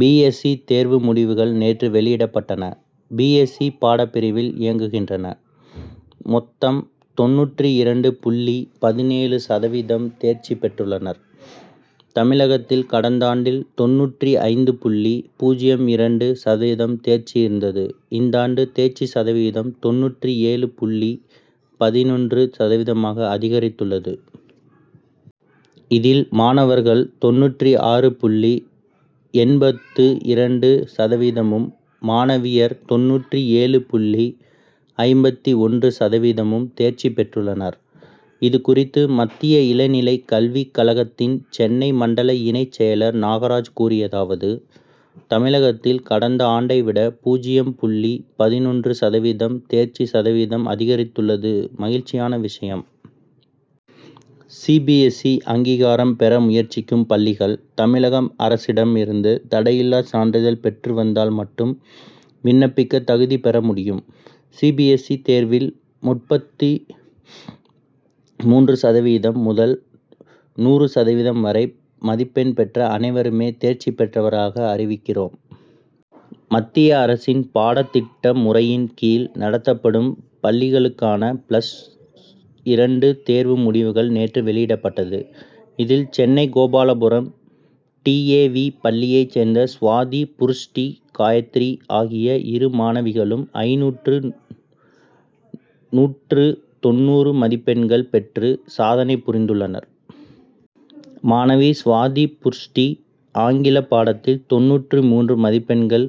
B. S. E. தேர்வு முடிவுகள் நேற்று வெளியிடப்பட்டன. பி. எஸ். இ. பாடப்பிரிவில் இயங்குகின்றன. மொத்தம் தொண்ணூற்று இரண்டு புள்ளி பதினேழு சதவீதம் தேர்ச்சி பெற்றுள்ளனர். தமிழகத்தில் கடந்தாண்டில் தொண்ணூற்று ஐந்து புள்ளி பூஜ்யம் இரண்டு சதவீதம் தேர்ச்சி இருந்தது. இந்தாண்டு தேர்ச்சி சதவீதம் தொண்ணூற்று ஏழு புள்ளி பதினொன்று சதவீதமாக அதிகரித்துள்ளது. இதில் மாணவர்கள் தொண்ணூற்று ஆறு புள்ளி எண்பத்து இரண்டு சதவீதமும் மாணவியர் தொண்ணூற்று ஏழு புள்ளி ஐம்பத்து ஒன்று சதவீதமும் தேர்ச்சி பெற்றுள்ளனர். இது குறித்து மத்திய இளநிலை கல்விக் கழகத்தின் சென்னை மண்டல இணைச் செயலர் நாகராஜ் கூறியதாவது தமிழகத்தில் கடந்த ஆண்டை விட பூஜ்யம் புள்ளி பதினொன்று சதவீதம் தேர்ச்சி சதவீதம் அதிகரித்துள்ளது மகிழ்ச்சியான விஷயம். சி. பி. எஸ். இ. அங்கீகாரம் பெற முயற்சிக்கும் பள்ளிகள் தமிழக அரசிடம் இருந்து தடையில்லா சான்றிதழ் பெற்று வந்தால் மட்டும் விண்ணப்பிக்க தகுதி பெற முடியும். சி. பி. எஸ். இ. தேர்வில் முப்பத்து மூன்று சதவீதம் முதல் நூறு சதவீதம் வரை மதிப்பெண் பெற்ற அனைவருமே தேர்ச்சி பெற்றவர்களாக அறிவிக்கிறோம். மத்திய அரசின் பாடத்திட்ட முறையின் கீழ் நடத்தப்படும் பள்ளிகளுக்கான பிளஸ் இரண்டு தேர்வு முடிவுகள் நேற்று வெளியிடப்பட்டது. இதில் Chennai Gopalapuram D. A. V. பள்ளியை சேர்ந்த சுவாதி புருஷ்டி காயத்ரி ஆகிய இரு மாணவிகளும் ஐநூற்றுக்கு நானூற்று தொண்ணூறு மதிப்பெண்கள் பெற்று சாதனை புரிந்துள்ளனர். மாணவி சுவாதி புருஷ்டி ஆங்கில பாடத்தில் தொண்ணூற்று மூன்று மதிப்பெண்கள்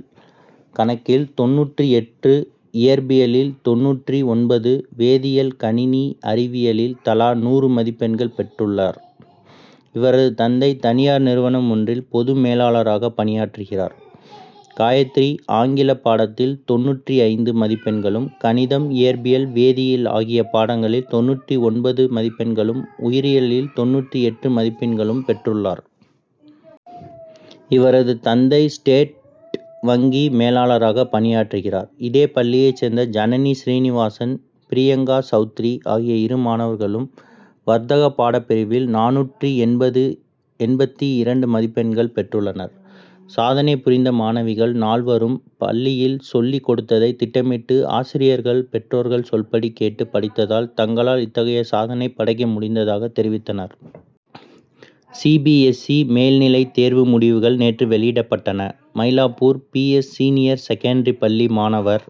கணக்கில் தொண்ணூற்று எட்டு இயற்பியலில் தொண்ணூற்று ஒன்பது வேதியியல் கணினி அறிவியலில் தலா நூறு மதிப்பெண்கள் பெற்றுள்ளார். இவரது தந்தை தனியார் நிறுவனம் ஒன்றில் பொது மேலாளராக பணியாற்றுகிறார். காயத்ரி ஆங்கில பாடத்தில் தொண்ணூற்று ஐந்து மதிப்பெண்களும் கணிதம் இயற்பியல் வேதியியல் ஆகிய பாடங்களில் தொண்ணூற்று ஒன்பது மதிப்பெண்களும் உயிரியலில் தொண்ணூற்று எட்டு மதிப்பெண்களும் பெற்றுள்ளார். இவரது தந்தை ஸ்டேட் வங்கி மேலாளராக பணியாற்றுகிறார். இதே பள்ளியை சேர்ந்த ஜனனி ஸ்ரீனிவாசன் பிரியங்கா சவுத்ரி ஆகிய இரு மாணவிகளும் வர்த்தக பாடப்பிரிவில் நானூற்று எண்பத்து இரண்டு மதிப்பெண்கள் பெற்றுள்ளனர். சாதனை புரிந்த மாணவிகள் நால்வரும் பள்ளியில் சொல்லி கொடுத்ததை திட்டமிட்டு ஆசிரியர்கள் பெற்றோர்கள் சொல்படி கேட்டு படித்ததால் தங்களால் இத்தகைய சாதனையை படைக்க முடிந்ததாக தெரிவித்தனர். சி. பி. எஸ். சி. மேல்நிலை தேர்வு முடிவுகள் நேற்று வெளியிடப்பட்டன. Mylapore P. S. Senior secondary பள்ளி மாணவர்